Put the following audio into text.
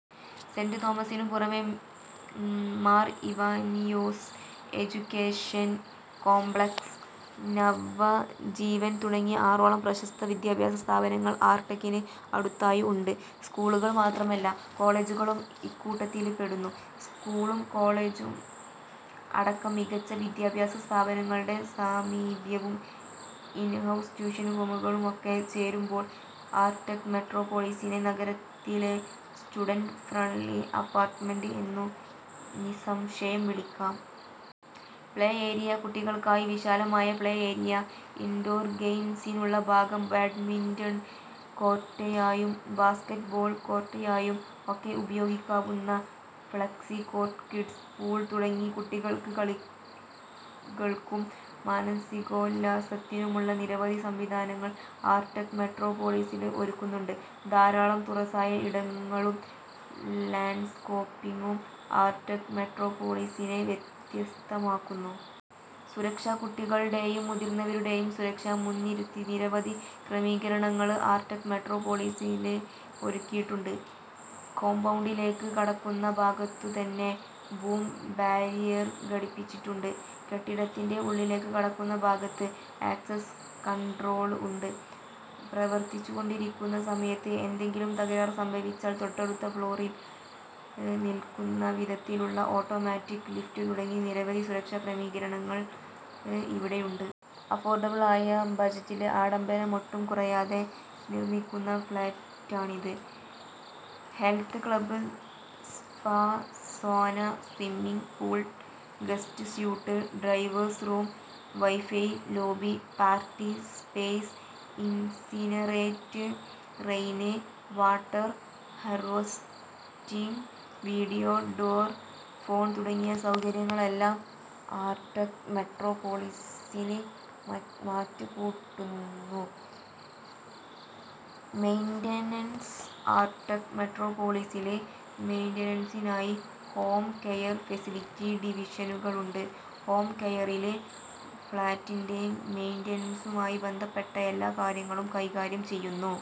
Saint തോമസിനു പുറമേ Mar Ivanios education complex, Navajeevan തുടങ്ങി ആറോളം പ്രശസ്തമായ വിദ്യാഭ്യാസ സ്ഥാപനങ്ങള് ആര്ട്ടെക്കിന് അടുത്തായി ഉണ്ട്. സ്കൂളുകള് മാത്രമല്ല കോളെജുകളും ഇക്കൂട്ടത്തില് പെടുന്നു. സ്കൂളും കോളെജും അടക്കം മികച്ച വിദ്യാഭ്യാസ സ്ഥാപനങ്ങളുടെ സാമീപ്യവും ഇന്ഹൗസ് ട്യൂഷന് റൂമുകളുമൊക്കെ ചേരുമ്പോള് ആര്െടക് മെട്രോപൊളിസിനെ നഗരത്തിലെ സ്റ്റുഡന്റ് ഫ്രണ്ട്ലി അപ്പാര്ട്ട്മെന്റ് എന്നു നിസംശയം വിളിക്കാം. പ്ലേ ഏരിയ കുട്ടികള്ക്കായി വിശാലമായ പ്ലേ ഏരിയ, ഇന്ഡോര് ഗെയിംസിനുള്ള ഭാഗം, ബാഡ്മിന്റണ് കോര്ട്ടായും ബാസ്കറ്റ് ബോള് കോര്ട്ടായും ഒക്കെ ഉപയോഗിക്കാവുന്ന ഫ്ളെക്സി കോര്ട്ട്, കിഡ്സ് പൂള് തുടങ്ങി കുട്ടികള്ക്ക് കളികള്ക്കും മാനസികോല്ലാസത്തിനുമുള്ള നിരവധി സംവിധാനങ്ങള് ആര്ടെക് മെട്രോപൊളിസില് ഒരുക്കുന്നുണ്ട്. ധാരാളം തുറസായ ഇടങ്ങളും ലാന്ഡ്സ്കേപ്പിംഗും ആര്ടെക് മൊട്രോപോളിസിനെ വ്യത്യസ്തമാക്കുന്നു. സുരക്ഷ കുട്ടികളുടെയും മുതിര്ന്നവരുടെയും സുരക്ഷ മുന്നിര്ത്തി നിരവധി ക്രമീകരണങ്ങള് ആര്ടെക് മെട്രോപൊളിസില് ഒരുക്കിയിട്ടുണ്ട്. കോംപൗണ്ടിലേക്ക് കടക്കുന്ന ഭാഗത്തു തന്നെ ബൂം ബാരിയര് ഘടിപ്പിച്ചിട്ടുണ്ട്. കെട്ടിടത്തിന്റെ ഉള്ളിലേക്ക് കടക്കുന്ന ഭാഗത്ത് ആക്സസ് കണ്ട്രോള് ഉണ്ട്. പ്രവര്ത്തിച്ചുകൊണ്ടിരിക്കുന്ന സമയത്ത് എന്തെങ്കിലും തകരാറ് സംഭവിച്ചാല്, തൊട്ടടുത്ത ഫ്ളോറില് നില്ക്കുന്ന വിധത്തിലുള്ള ഓട്ടോമാറ്റിക് ലിഫ്റ്റ് തുടങ്ങി നിരവധി സുരക്ഷാക്രമീകരണങ്ങള് ഇവിടെയുണ്ട്. അഫോര്ഡബിളായ ബജറ്റില് ആഡംബരമൊട്ടും കുറയാതെ നിര്മിക്കുന്ന ഫ്ളാറ്റാണിത്. Health club, spa, sauna, swimming pool, guest suite, drivers room, wifi lobby, party space, incinerator, rain water harvesting, video door phone തുടങ്ങിയ സൗകര്യങ്ങളെല്ലാം ആര്ടെക് മെട്രോപൊളിസിന് മാറ്റ് കൂട്ടുന്നു. മെയ്ന്റനന്സ് ആര്ടെക് മെട്രോപൊളിസില് മെയ്ന്റനന്സിനായി ഹോം കെയര്, ഫെസിലിറ്റി ഡിവിഷനുകളുണ്ട്. ഹോം കെയറില് ഫ്ളാറ്റിന്റെ മെയ്ന്റനന്സുമായി ബന്ധപ്പെട്ട എല്ലാ കാര്യങ്ങളും കൈകാര്യം ചെയ്യുന്നു.